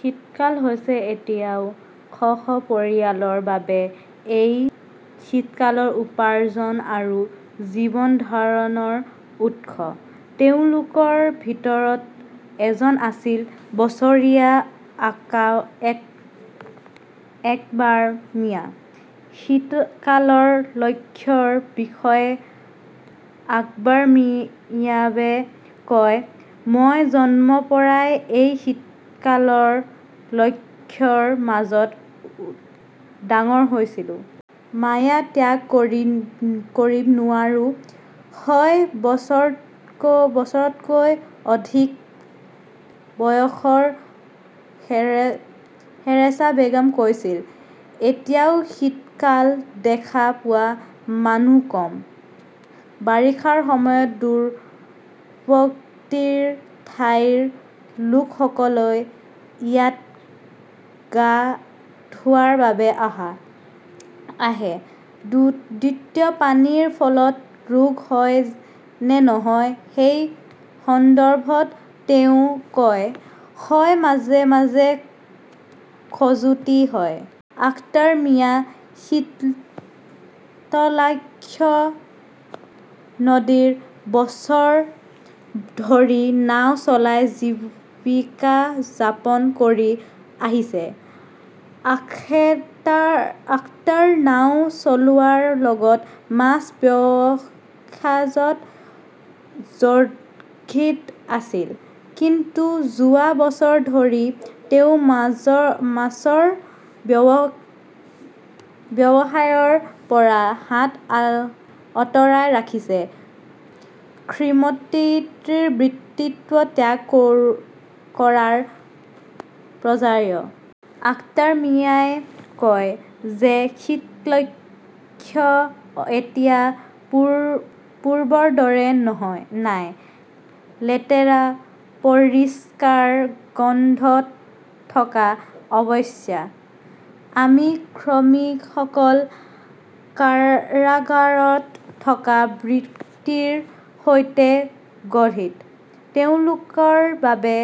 শীতকাল হৈছে এতিয়াও শ -শ পৰিয়ালৰ বাবে এই শীতকালৰ উপাৰ্জন আৰু জীৱন ধাৰণৰ উৎস। তেওঁলোকৰ ভিতৰত এজন আছিল বছৰীয়া আকবৰ মিয়া। শীতকালৰ লক্ষ্যৰ বিষয়ে আকবৰ মিয়াৱে কয়,'মই জন্মৰ পৰাই এই শীতকালৰ লক্ষ্যৰ মাজত ডাঙৰ হৈছিলো'। মায়া ত্যাগ কৰিব নোৱাৰে। ছয় বছৰতকৈ অধিক বয়সৰ হৰেছা বেগমে কৈছিল, এতিয়া শীতকাল দেখা পোৱা মানুহ কম। বাৰিষাৰ সময়ত দূৰৱৰ্তী ঠাইৰ লোকসকলে ইয়াত গা ধোৱাৰ বাবে আহে। দূষিত পানীৰ ফলত ৰোগ হয় নে নহয় সেই সন্দৰ্ভত তেওঁ কয়, হয় মাজে -মাজে খজুৱতি হয়। আখতাৰ মিয়াই শীতলাক্ষ্যা নদীত বছৰ ধৰি নাওঁ চলাই জীৱিকা যাপন কৰি আহিছে। আখতাৰ নাওঁ চলোৱাৰ লগতে মাছৰ ব্যৱসায়ত জড়িত আছিল। কিন্তু যোৱা বছৰ ধৰি তেওঁ মাছৰ ব্যৱসায়ৰ পৰা হাত আঁতৰাই ৰাখিছে। শ্ৰীমতীৰ বৃত্তিও ত্যাগ কৰাৰ পৰ্যায়। আখতাৰ মিয়াৱে কয় যে শীতলাক্ষ্যা এতিয়া পূৰ্বৰ দৰে নাই। লেতেৰা, পৰিষ্কাৰ গোন্ধ থকা অৱস্থা। আমি শ্ৰমিকসকল কাৰাগাৰত থকা বৃত্তিৰ সৈতে জড়িত। তেওঁলোকৰ বাবে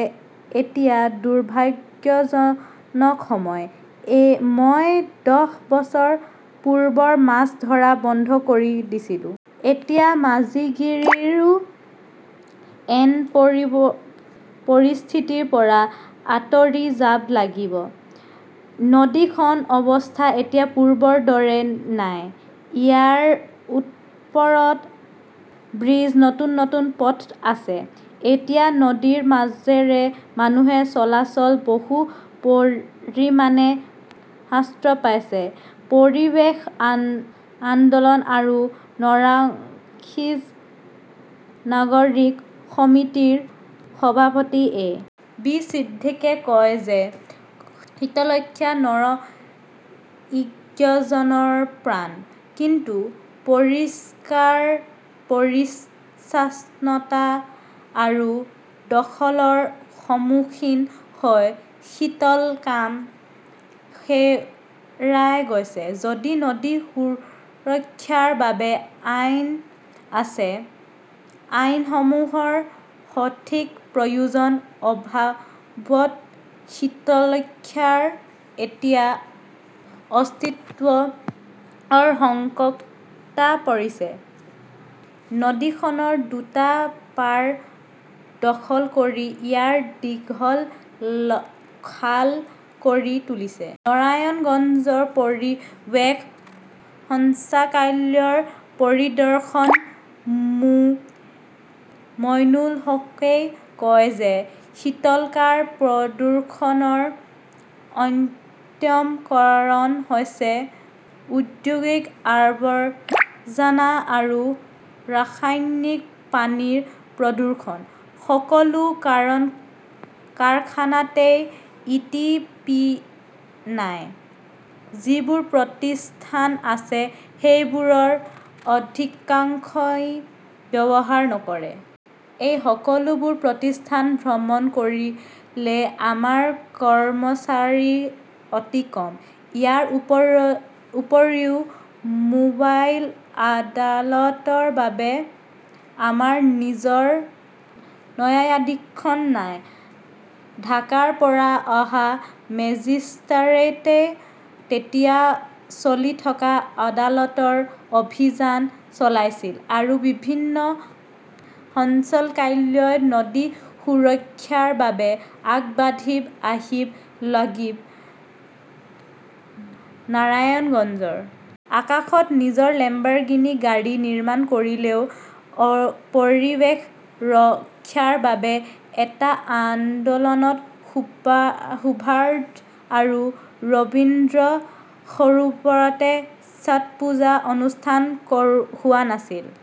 এতিয়া দুৰ্ভাগ্যজনক সময়। মই দহ বছৰ পূৰ্বে মাছ ধৰা বন্ধ কৰি দিছিলোঁ। এতিয়া মাজিগিৰিও এনে পৰিস্থিতিৰ পৰা আঁতৰি যাব লাগিব। নদীখনৰ অৱস্থা এতিয়া পূৰ্বৰ দৰে নাই। ইয়াৰ ওপৰত ব্ৰীজ, নতুন -নতুন পথ আছে। এতিয়া নদীৰ মাজেৰে মানুহৰ চলাচল বহু পৰিমাণে হ্ৰাস পাইছে। পৰিৱেশ আন্দোলন আৰু নাৰাংইজ নাগৰিক সমিতিৰ সভাপতি এ. বি. ছিদ্দিকে কয় যে শীতলক্ষ্যা নাৰাংইজগঞ্জৰ প্ৰাণ। কিন্তু পৰিষ্কাৰ-পৰিচ্ছন্নতা আৰু দখলৰ সন্মুখীন হৈ শীতলকাম হেৰাই গৈছে, যদিও নদী সুৰক্ষাৰ বাবে আইন আছে ,আইনসমূহৰ সঠিক প্ৰয়োগৰ অভাৱত শীতলাক্ষ্যা এতিয়া অস্তিত্বৰ সংকটত পৰিছে। নদীখনৰ দুটা পাৰ দখল কৰি ইয়াক দীঘল খাল কৰি তুলিছে। নাৰায়ণগঞ্জৰ পৰিৱেশ সঞ্চালকালয়ৰ পৰিদৰ্শক মো. মইনুল হকই কয় যে শীতলকৰ প্ৰদূষণৰ অন্যতম কাৰণ হৈছে ঔদ্যোগিক আৱৰ্জনা আৰু ৰাসায়নিক পানীৰ প্ৰদূষণ। সকলো কাৰখানাত ই টি পি নাই। যিবোৰ প্ৰতিষ্ঠান আছে সেইবোৰৰ অধিকাংশই ব্যৱহাৰ নকৰে। এই সকলোবোৰ প্ৰতিষ্ঠান ভ্ৰমণ কৰিবলৈ আমাৰ কৰ্মচাৰী অতি কম। ইয়াৰ উপৰিও মোবাইল আদালতৰ বাবে আমাৰ নিজৰ ন্যায়াধীশ নাই। ঢাকাৰ পৰা অহা মেজিস্ট্ৰেটে তেতিয়া চলি থকা আদালতৰ অভিযান চলাইছিল। আৰু বিভিন্ন সঞ্চালকালয়ই নদী সুৰক্ষাৰ বাবে আগবাঢ়ি আহিব লাগিব। নাৰায়ণগঞ্জৰ আকাশত নিজে লেম্বাৰগিনি গাড়ী নিৰ্মাণ কৰিলে। পৰিৱেশ ৰক্ষাৰ বাবে ত্ৰাতা আদালত সুভাষ আৰু ৰবীন্দ্ৰ সৰোবৰত ছট পূজা অনুষ্ঠিত হোৱা নাছিল।